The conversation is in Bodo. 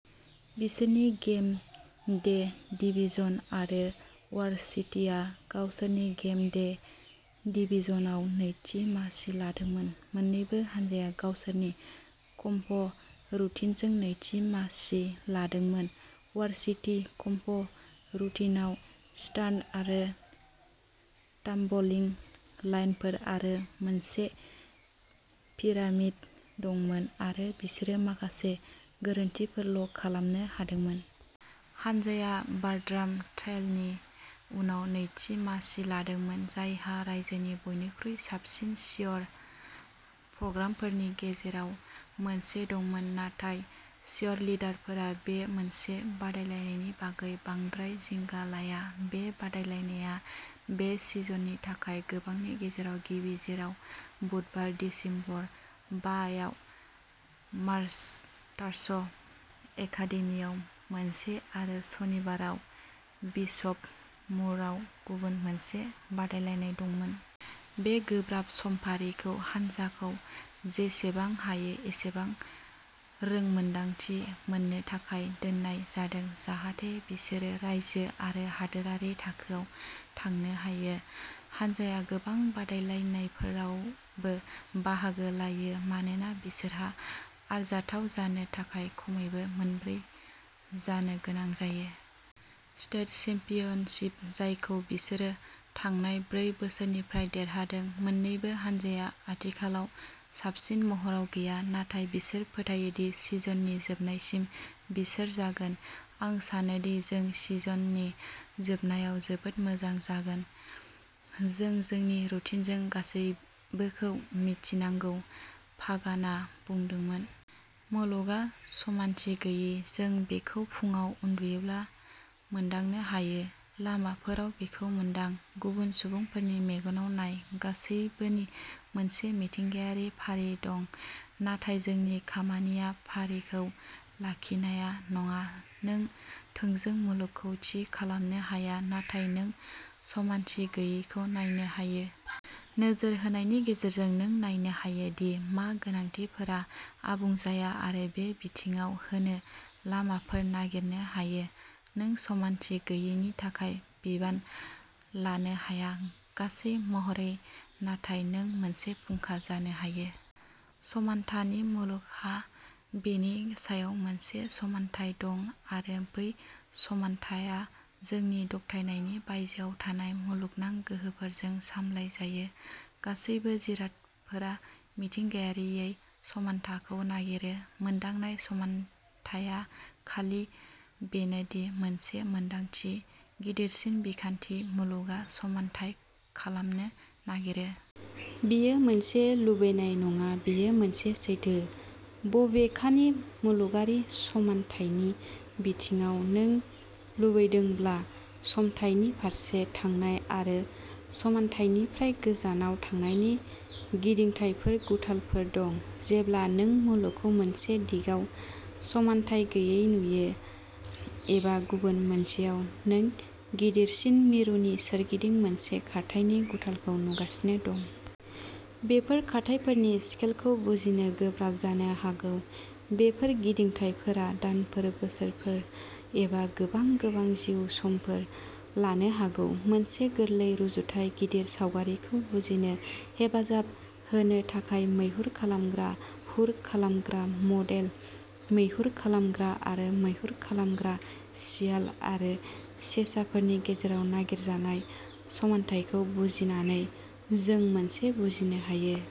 बिसोरनि गेम डे डिभिजन आरो वार्सिटीआ गावसोरनि गेम डे डिभिजनआव नैथि मासि लादोंमोन। मोन्नैबो हानजाया गावसोरनि कम्प. रुटिनजों नैथि मासि लादोंमोन। Varsity comp. रुटिनआव स्टान्ट आरो टाम्बलिं लाइनफोर आरो मोनसे पिरामिड दंमोन, आरो बिसोरो माखासे गोरोन्थिफोरल'खालामनो हादोंमोन। हानजाया बार्ट्राम ट्रेलनि उनाव नैथि मासि लादोंमोन, जायहा रायजोनि बयनिख्रुइ साबसिन चियर प्रग्रामफोरनि गेजेराव मोनसे दंमोन, नाथाय चियरलिडारफोरा बे मोनसे बादायलायनायनि बागै बांद्राय जिंगा लाया। बे बादायलायनाया बे सिजननि थाखाय गोबांनि गेजेराव गिबि, जेराव बुधबार, दिसेम्बर बा आव मास्टार्स एकादेमिआव मोनसे आरो सनिबाराव बिशप मुरआव गुबुन मोनसे बादायलायनाय दंमोन। बे गोब्राब समफारिखौ हान्जाखौ जेसेबां हायो एसेबां रोंमोनदांथि मोननो थाखाय दोननाय जादों, जाहाथे बिसोरो रायजो आरो हादोरारि थाखोआव थांनो हायो। हानजाया गोबां बादायलायनायफोरावबो बाहागो लायो मानोना बिसोरहा आरजाथाव जानो थाखाय खमैबो मोनब्रै जानो गोनां जायो। स्टेट चेम्पियनशिप, जायखौ बिसोरो थांनाय ब्रै बोसोरनिफ्राय देरहादों। मोननैबो हानजाया आथिखालाव साबसिन महराव गैया, नाथाय बिसोर फोथायो दि सिजननि जोबनायसिम बिसोर जागोन। "आं सानोदि जों सिजननि जोबनायाव जोबोद मोजां जागोन, जों जोंनि रुटिनजों गासैबोखौ मिथिनांगौ", पागाना बुंदोंमोन। मुलुगआ समानथि गैयै। जों बेखौ फुंआव उन्दुयोब्ला मोनदांनो हायो। लामाफोराव बेखौ मोनदां। गुबुन सुबुंफोरनि मेगनाव नाय। गासैबोनि मोनसे मिथिंगायारि फारि दं। नाथाय जोंनि खामानिया फारिखौ लाखिनाया नङा। नों थोंजों मुलुगखौ थि खालामनो हाया, नाथाय नों समानथि गैयैखौ नायनो हायो। नोजोर होनायनि गेजेरजों नों नायनो हायो दि मा गोनांथिफोरा आबुं जाया आरो बे बिथिङाव होनो लामाफोर नागिरनो हायो। नों समानथि गैयैनि थाखाय बिबान लानो हाया, गासै महरै, नाथाय नों मोनसे फुंखा जानो हायो। समान्थानि। मुलुगहा बेनि सायाव मोनसे समानथाय दं, आरो बै समान्थाया जोंनि दबथायनायनि बायजोआव थानाय मुलुगनां गोहोफोरजों सामलायजायो। गासैबो जिरादफोरा मिथिंगायारियै समान्थाखौ नागिरो। मोनदांनाय समान्थायआ खालि बेनो दि, मोनसे मोनदांथि। गिदिरसिन बिखान्थि, मुलुगआ समान्थाय खालामनो नागिरो। बेयो मोनसे लुबैनाय नङा; बेयो मोनसे सैथो। बबेखानि, मुलुगारि समान्थायनि बिथिङाव, नों लुबैदोंब्ला, सम्थायनि फारसे थांनाय आरो समान्थायनिफ्राय गोजानाव थांनायनि गिदिंथायफोर, गुथालफोर दं। जेब्ला नों मुलुगखौ मोनसे दिगाव समान्थाय गैयै नुयो एबा गुबुन मोनसेयाव नों गिदिरसिन मिरुनि सोरगिदिं मोनसे खारथायनि गुथालखौ नुगासिनो दं। बेफोर खारथायफोरनि स्केलखौ बुजिनो गोब्राब जानो हागौ। बेफोर गिदिंथायफोरा दानफोर, बोसोरफोर, एबा गोबां, गोबां जिउ समफोर लानो हागौ। मोनसे गोरलै रुजुथाय, गिदिर सावगारिखौ बुजिनो हेफाजाब होनो थाखाय, मैहुर खालामग्रा हुर खालामग्रा मडेल। मैहुर खालामग्रा आरो मैहुर खालामग्रा, सियाल आरो सेसाफोरनि गेजेराव नागिरजानाय समान्थायखौ बुजिनानै, जों मोनसे बुजिनो हायो।